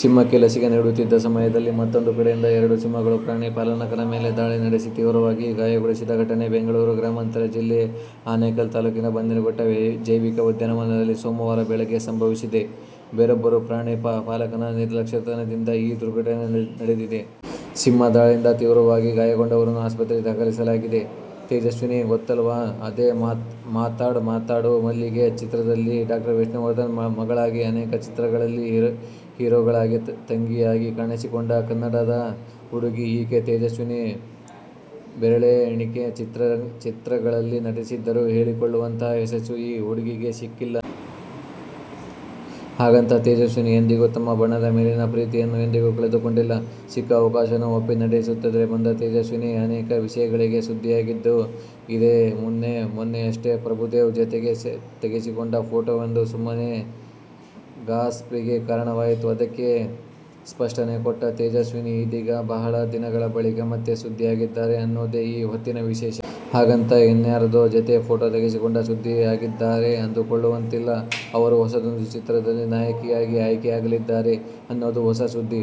ಸಿಂಹಕ್ಕೆ ಲಸಿಕೆ ನೀಡುತ್ತಿದ್ದ ಸಮಯದಲ್ಲಿ ಮತ್ತೂಂದು ಕಡೆಯಿಂದ ಎರಡು ಸಿಂಹಗಳು ಪ್ರಾಣಿ ಪಾಲಕನ ಮೇಲೆ ದಾಳಿ ನಡೆಸಿ ತೀವ್ರವಾಗಿ ಗಾಯಗೊಳಿಸಿದ ಘಟನೆ ಬೆಂಗಳೂರು ಗ್ರಾಮಾಂತರ ಜಿಲ್ಲೆಯ ಆನೇಕಲ್ ತಾಲೂಕಿನ ಬನ್ನೇರುಘಟ್ಟ ಜೈವಿಕ ಉದ್ಯಾನವನದಲ್ಲಿ ಸೋಮವಾರ ಬೆಳಗ್ಗೆ ಸಂಭವಿಸಿದೆ. ಬೇರೊಬ್ಬ ಪ್ರಾಣಿ ಪಾಲಕನ ನಿರ್ಲಕ್ಷ್ಯತನದಿಂದ ಈ ದುರ್ಘಟನೆ ನಡೆದಿದೆ. ಸಿಂಹ ದಾಳಿಯಿಂದ ತೀವ್ರವಾಗಿ ಗಾಯಗೊಂಡವನನ್ನು ಆಸ್ಪತ್ರೆಗೆ ದಾಖಲಿಸಲಾಗಿದೆ. ತೇಜಸ್ವಿನಿ ಗೊತ್ತಲ್ವಾ? ಅದೇ "ಮಾತಾಡ್ ಮಾತಾಡು ಮಲ್ಲಿಗೆ' ಚಿತ್ರದಲ್ಲಿ ಡಾ. ವಿಷ್ಣುವರ್ಧನ್ ಮಗಳಾಗಿ, ಅನೇಕ ಚಿತ್ರಗಳಲ್ಲಿ ಹೀರೋಗಳ ತಂಗಿಯಾಗಿ ಕಾಣಿಸಿಕೊಂಡ ಕನ್ನಡದ ಹುಡುಗಿ ಈಕೆ. ತೇಜಸ್ವಿನಿ ಬೆರಳೆಣಿಕೆ ಚಿತ್ರಗಳಲ್ಲಿ ನಟಿಸಿದ್ದರೂ ಹೇಳಿಕೊಳ್ಳುವಂತಹ ಯಶಸ್ಸು ಈ ಹುಡುಗಿಗೆ ಸಿಕ್ಕಿಲ್ಲ. ಹಾಗಂತ, ತೇಜಸ್ವಿನಿ ಎಂದೂ ತಮ್ಮ ಬಣ್ಣದ ಮೇಲಿನ ಪ್ರೀತಿಯನ್ನ ಎಂದೂ ಕಳೆದುಕೊಂಡಿಲ್ಲ. ಸಿಕ್ಕ ಅವಕಾಶವನ್ನು ಒಪ್ಪಿ ನಟಿಸುತ್ತಲೇ ಬಂದ ತೇಜಸ್ವಿನಿ, ಅನೇಕ ವಿಷಯಗಳಿಗೆ ಸುದ್ದಿಯಾಗಿದ್ದೂ ಇದೆ. ಮೊನ್ನೆ ಮೊನ್ನೆಯಷ್ಟೇ, ಪ್ರಭುದೇವ್ ಜತೆ ತೆಗೆಸಿಕೊಂಡ ಫೋಟೋವೊಂದು ಸುಮ್ಮನೆ ಗಾಸಿಪ್ಗೆ ಕಾರಣವಾಯಿತು. ಅದಕ್ಕೆ ಸ್ಪಷ್ಟನೆ ಕೊಟ್ಟ ತೇಜಸ್ವಿನಿ, ಇದೀಗ ಬಹಳ ದಿನಗಳ ಬಳಿಕ ಮತ್ತೆ ಸುದ್ದಿಯಾಗಿದ್ದಾರೆ ಅನ್ನೋದೆ ಈ ಹೊತ್ತಿನ ವಿಶೇಷ. ಹಾಗಂತ ಇನ್ಯಾರದೋ ಜತೆ ಫೋಟೋ ತೆಗೆಸಿಕೊಂಡು ಸುದ್ದಿಯಾಗಿದ್ದಾರಾ ಅಂದುಕೊಳ್ಳುವಂತಿಲ್ಲ. ಅವರು ಹೊಸದೊಂದು ಚಿತ್ರದಲ್ಲಿ ನಾಯಕಿಯಾಗಿ ಆಯ್ಕೆಯಾಗಿದ್ದಾರೆ ಅನ್ನೋದೇ ಹೊಸ ಸುದ್ದಿ.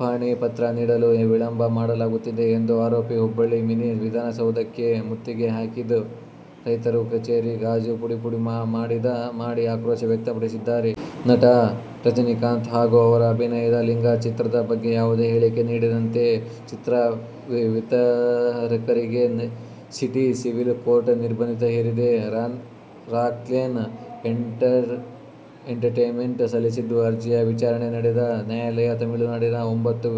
ಪಹಣಿ ಪತ್ರ ನೀಡಲು ವಿಳಂಬ ಮಾಡಲಾಗುತ್ತಿದೆ ಎಂದು ಆರೋಪಿಸಿ ಹುಬ್ಬಳ್ಳಿ ಮಿನಿ ವಿಧಾನಸೌಧಕ್ಕೆ ಮುತ್ತಿಗೆ ಹಾಕಿದ ರೈತರು, ಕಚೇರಿ ಗಾಜು ಪುಡಿಪುಡಿ ಮಾಡಿ ಆಕ್ರೋಶ ವ್ಯಕ್ತಪಡಿಸಿದ್ದಾರೆ. ನಟ ರಜನಿಕಾಂತ್ ಹಾಗೂ ಅವರ ಅಭಿನಯದ "ಲಿಂಗಾ' ಚಿತ್ರದ ಬಗ್ಗೆ ಯಾವುದೇ ಹೇಳಿಕೆ ನೀಡದಂತೆ ಚಿತ್ರ ವಿತರಕರಿಗೆ ಸಿಟಿ ಸಿವಿಲ್ ಕೋರ್ಟ್ ನಿರ್ಬಂಧ ಹೇರಿದೆ. ರಾಕ್ಲೈನ್ ಎಂಟರ್ಟೇನ್ಮೆಂಟ್ ಸಲ್ಲಿಸಿದ್ದ ಅರ್ಜಿಯ ವಿಚಾರಣೆ ನಡೆಸಿದ ನ್ಯಾಯಾಲಯ, ತಮಿಳುನಾಡಿನ ಒಂಭತ್ತು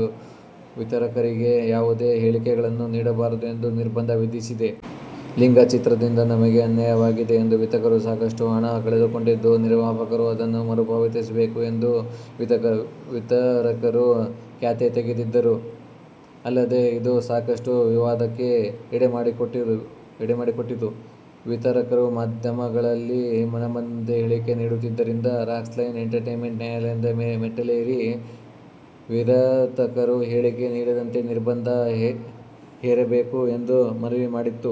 ವಿತರಕರಿಗೆ ಯಾವುದೇ ಹೇಳಿಕೆಗಳನ್ನು ನೀಡಬಾರದು ಎಂದು ನಿರ್ಬಂಧ ವಿಧಿಸಿದೆ. "ಲಿಂಗಾ ಚಿತ್ರದಿಂದ ನಮಗೆ ಅನ್ಯಾಯವಾಗಿದೆ. ಚಿತ್ರ ವಿತರಕರು ಸಾಕಷ್ಟು ಹಣ ಕಳೆದುಕೊಂಡಿದ್ದು, ನಿರ್ಮಾಪಕರು ಅದನ್ನು ಮರುಪಾವತಿಸಬೇಕು' ಎಂದು ವಿತರಕರು ಕ್ಯಾತೆ ತೆಗೆದಿದ್ದರು. ಅಲ್ಲದೆ, ಇದು ಸಾಕಷ್ಟು ವಿವಾದಕ್ಕೆ ಎಡೆಮಾಡಿಕೊಟ್ಟಿತ್ತು. ವಿತರಕರು ಮಾಧ್ಯಮಗಳಲ್ಲಿ ಮನಬಂದಂತೆ ಹೇಳಿಕೆ ನೀಡುತ್ತಿದ್ದರಿಂದ ರಾಕ್ಲೈನ್ ಎಂಟರ್ಟೇನ್ಮೆಂಟ್ ನ್ಯಾಯಾಲಯದ ಮೆಟ್ಟಿಲೇರಿ, ವಿತರಕರು ಹೇಳಿಕೆ ನೀಡದಂತೆ ನಿರ್ಬಂಧ ಹೇರಬೇಕು ಎಂದು ಮನವಿ ಮಾಡಿತ್ತು.